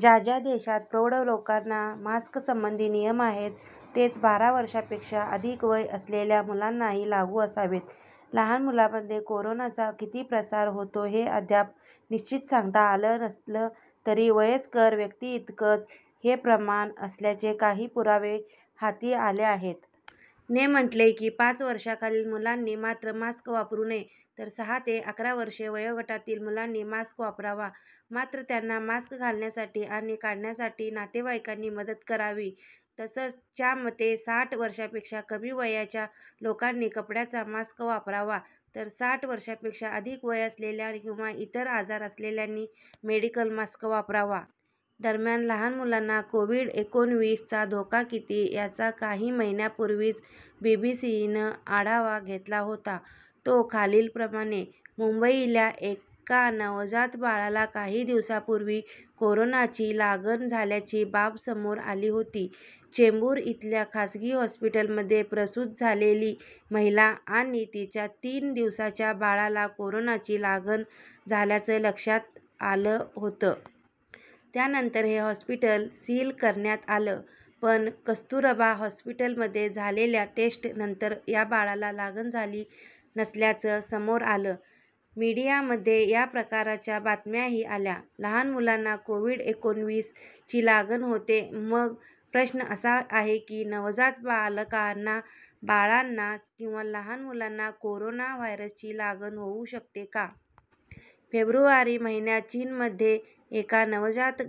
ज्या ज्या देशात प्रौढ लोकांना मास्कसंबंधी नियम आहेत, तेच बारा वर्षांपेक्षा अधिक वय असलेल्या मुलांनाही लागू असावेत. लहान मुलांमध्ये कोरोनाचा किती प्रसार होतो हे अद्याप निश्चित सांगता आलं नसलं तरी वयस्कर व्यक्तींइतकंच हे प्रमाण असल्याचे काही पुरावे हाती आले आहेत. ने म्हटलंय की पाच वर्षांखालील मुलांनी मात्र मास्क वापरू नये. तर सहा ते अकरा वर्षे वयोगटातील मुलांनी मास्क वापरावा, मात्र त्यांना मास्क घालण्यासाठी आणि काढण्यासाठी नातेवाईकांनी मदत करावी. तसंच, च्या मते साठ वर्षांपेक्षा कमी वयाच्या लोकांनी कपड्याचा मास्क वापरावा तर साठ वर्षांपेक्षा अधिक वय असलेल्या किंवा इतर आजार असलेल्यांनी मेडिकल मास्क वापरावा. दरम्यान लहान मुलांना कोव्हिड-एकोणविस चा धोका किती? याचा काही महिन्यांपूर्वीच बीबीसीनं आढावा घेतला होता, तो खालीलप्रमाणे मुंबईल्या एका नवजात बाळाला काही दिवसांपूर्वी कोरोनाची लागण झाल्याची बाब समोर आली होती. चेंबूर इथल्या खासगी हॉस्पिटलमध्ये प्रसूत झालेली महिला आणि तिच्या तीन दिवसांच्या बाळाला कोरोनाची लागण झाल्याचं लक्षात आलं होतं. त्यानंतर हे हॉस्पिटल सील करण्यात आलं. पण कस्तुरबा हॉस्पिटलमध्ये झालेल्या टेस्ट नंतर या बाळाला लागण झाली नसल्याचं समोर आलं. मीडियामध्ये या प्रकारच्या बातम्याही आल्या. लहान मुलांना कोव्हिड-एकोणविस ची लागण होते? मग प्रश्न असा आहे की नवजात बालकांना, बाळांना किंवा लहान मुलांना कोरोना व्हायरसची लागण होऊ शकते का? फेब्रुवारी महिन्यात चीनमध्ये एका नवजात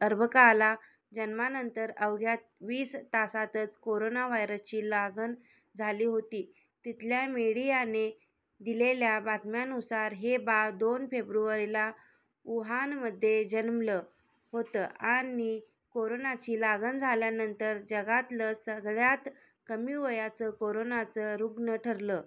अर्भकाला जन्मानंतर अवघ्या वीस तासातच कोरोना व्हायरसची लागण झाली होती. तिथल्या मीडियाने दिलेल्या बातम्यांनुसार हे बाळ दोन फेब्रुवारीला वुहानमध्ये जन्मलं होतं आणि कोरोनाची लागण झाल्यानंतर जगातलं सगळ्यात कमी वयाचं कोरोनाचं रूग्ण ठरलं.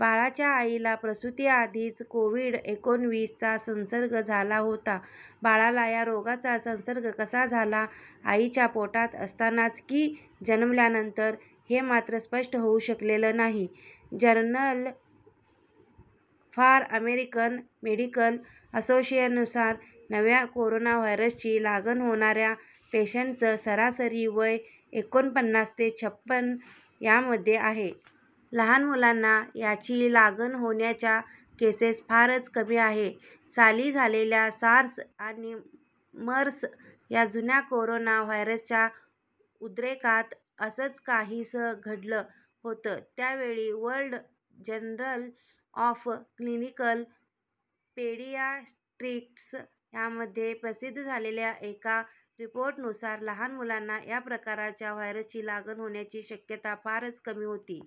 बाळाच्या आईला प्रसुतीआधीच कोविड-एकोणविस चा संसर्ग झाला होता. बाळाला या रोगाचा संसर्ग कसा झाला, आईच्या पोटात असतानाच की जन्मल्यानंतर हे मात्र स्पष्ट होऊ शकलेलं नाही. जर्नल फॉर अमेरिकन मेडिकल असोसिएशननुसार नव्या कोरोना व्हायरसची लागण होणाऱ्या पेशंट्सचं सरासरी वय एकोणपन्नास ते छपण यामध्ये आहे. लहान मुलांना याची लागण होण्याच्या केसेस फारच कमी आहे. साली झालेल्या सार्स आणि मर्स या जुन्या कोरोना व्हायरसच्या उद्रेकात असंच काहीसं घडलं होतं. त्यावेळी World Journal of Clinical Pediatrics यामध्ये प्रसिद्ध झालेल्या एका रिपोर्टनुसार लहान मुलांना या प्रकारच्या व्हायरसची लागण होण्याची शक्यता फारच कमी होती.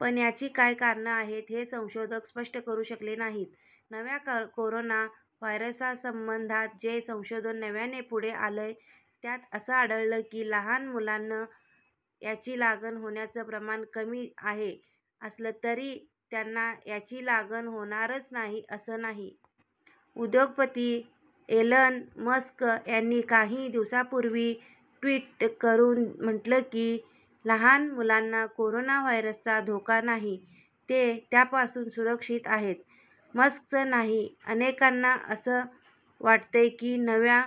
पण याची काय कारणं आहेत हे संशोधक स्पष्ट करू शकले नाहीत. नव्या कोरोना व्हायरससंबंधात जे संशोधन नव्याने पुढे आलंय त्यात असं आढळलं की लहान मुलांना याची लागण होण्याचं प्रमाण कमी आहे असलं तरी त्यांना याची लागण होणारच नाही असं नाही. उद्योगपती एलन मस्क यांनी काही दिवसांपूर्वी ट्वीट करून म्हटलं की, लहान मुलांना कोरोना व्हायरसचा धोका नाही, ते त्यापासून सुरक्षित आहेत. मस्कच नाही, अनेकांना असं वाटतंय की नव्या